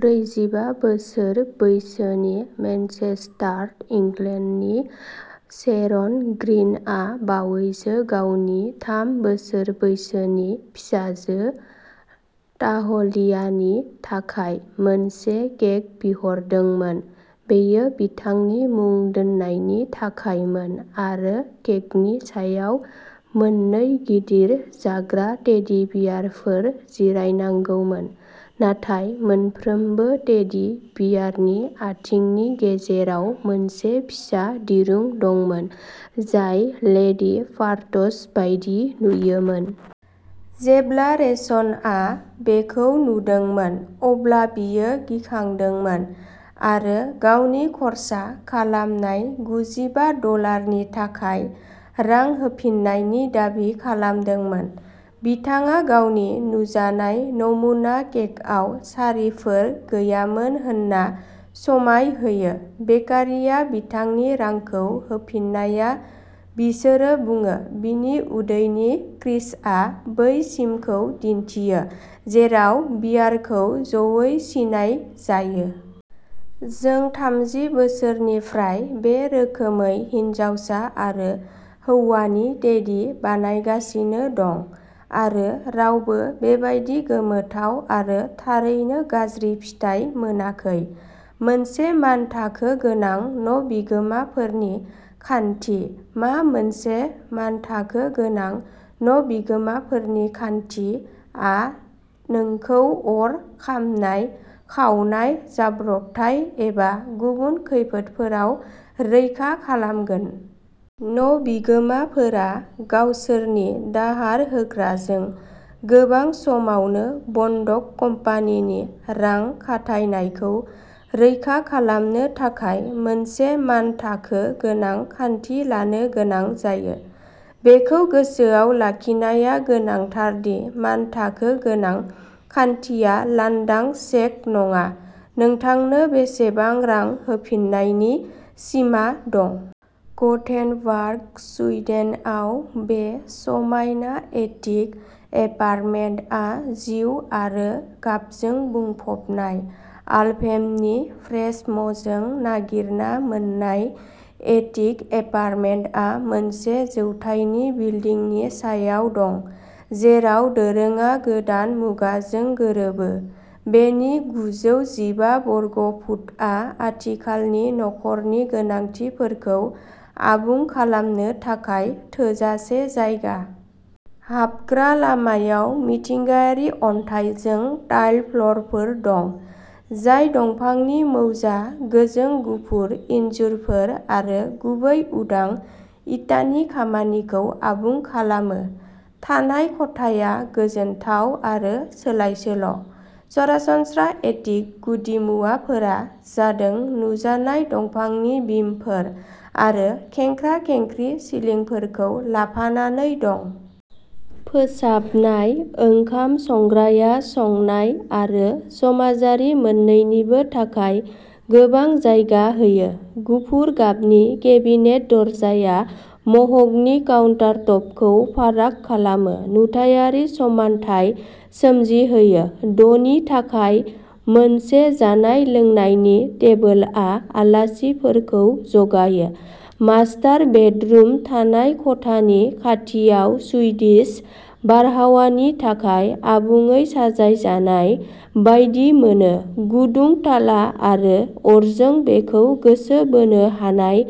ब्रैजिबा बोसोर बैसोनि मेनचेस्टार, इंलेन्डनि शेरन ग्रीनआ बावैसो गावनि थाम बोसोर बैसोनि फिसाजो ताहलियानि थाखाय मोनसे केक बिहरदोंमोन। बेयो बिथांनि मुं दोननायनि थाखायमोन आरो केकनि सायाव मोननै गिदिर जाग्रा टेडी बियारफोर जिरायनांगौमोन। नाथाय मोनफ्रोमबो टेडी बियारनि आथिंनि गेजेराव मोनसे फिसा दिरुं दंमोन, जाय लेदि पार्ट्स बायदि नुजायोमोन। जेब्ला शेरनआ बेखौ नुदोंमोन, अब्ला बियो गिखांदोंमोन आरो गावनि खर्सा खालामनाय गुजिबा डलारनि थाखाय रां होफिन्नायनि दाबि खालामदोंमोन। बिथाङा गावनि नुजानाय नमुना केकआव सारिफोर गैयामोन होन्ना समाय होयो। बेकारीया बिथांनि रांखौ होफिन्नाया बिसोरो बुङो, बिनि उदैनि क्रिजआ बै सिमखौ दिन्थियो जेराव बियारखौ ज'यै सिन्नाय जायो। जों थामजि बोसोरनिफ्राय बे रोखोमै हिनजावसा आरो हौवानि टेडी बानायगासिनो दं आरो रावबो बेबादि गोमोथाव आरो थारैनो गाज्रि फिथाइ मोनाखै। मोनसे मानथाखो गोनां न'बिगोमाफोरनि खान्थि मा मोनसे मानथाखो गोनां न'बिगोमाफोरनि खान्थि आ नोंखौ अर खामनाय, खावनाय, जाब्रबथाय एबा गुबुन खैफोदफोराव रैखा खालामगोन। न'बिगोमाफोरा गावसोरनि दाहार होग्राजों गोबां समावनो बन्दक कम्पानिनि रां खाथायनायखौ रैखा खालामनो थाखाय मोनसे मानथाखो गोनां खान्थि लानो गोनां जायो। बेखौ गोसोआव लाखिनाया गोनांथार दि मानथाखो गोनां खान्थिया लांदां चेक नङा-नोंथांनो बेसेबां रां होफिन्नायनि सिमा दं। गथेनबार्ग, सुइडेनआव बे समायना एटिक एपार्टमेन्टआ जिउ आरो गाबजों बुंफबनाय। आलभेमनि फ्रेश'मजों नागिरना मोन्नाय, एटिक एपार्टमेन्टआ मोनसे जौथाइनि बिल्डिंनि सायाव दं जेराव दोरोङा गोदान मुगाजों गोरोबो। बेनि गुजौ जिबा बर्ग फुटआ आथिखालनि नखरनि गोनांथिफोरखौ आबुं खालामनो थाखाय थोजासे जायगा। हाबग्रा लामायाव मिथिंगायारि अन्थाइजों टाइलड फ्लोरफोर दं, जाय दंफांनि मैजा, गोजों गुफुर इनजुरफोर आरो गुबै उदां इटानि खामानिखौ आबुं खालामो। थानाय खथाया गोजोनथाव आरो सोलायसोल'। सरासनस्रा एटिक गुदिमुवाफोरा जादों नुजानाय दंफांनि बिमफोर आरो खेंख्रा-खेंख्रि सिलिंफोरखौ लाफानानै दं। फोसाबनाय ओंखाम संग्राया संनाय आरो समाजारि मोन्नैनिबो थाखाय गोबां जायगा होयो। गुफुर गाबनि केबिनेट दरजाया मह'गनि काउन्टारटपखौ फाराग खालामो, नुथायारि समानथाय सोमजिहोयो। द'नि थाखाय मोनसे जानाय-लोंनायनि टेबोलआ आलासिफोरखौ जगायो। मास्टार बेडरुम, थानाय खथानि खाथियाव, सुइडिश बारहावानि थाखाय आबुङै साजायजानाय बायदि मोनो गुदुं थाला आरो अरजों बेखौ गोसो बोनो हानाय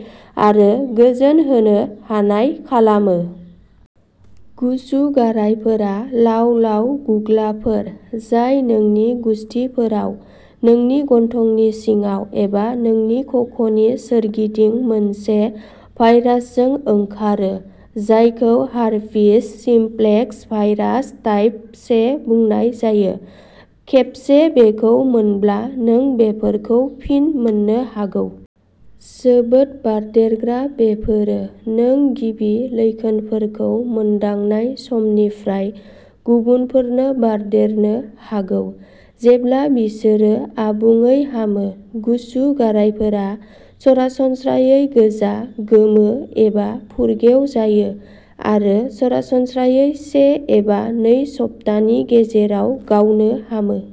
आरो गोजोन होनो हानाय खालामो। गुसु गारायफोरा लाव-लाव गुग्लाफोर जाय नोंनि गुसथिफोराव, नोंनि गन्थंनि सिङाव एबा नोंनि खख'नि सोरगिदिं मोनसे भाइरासजों ओंखारो जायखौ हार्पिस सिम्प्लेक्स भाइरास टाइप से बुंनाय जायो। खेबसे बेखौ मोनब्ला, नों बेफोरखौ फिन मोननो हागौ। जोबोद बारदेरग्रा, बेफोरो नों गिबि लैखोनफोरखौ मोनदांनाय समनिफ्राय गुबुनफोरनो बारदेरनो हागौ, जेब्ला बिसोरो आबुङै हामो गुसु गारायफोरा सरासनस्रायै गोजा, गोमो एबा फुरगेव जायो आरो सरासनस्रायै से एबा नै सप्तानि गेजेराव गावनो हामो।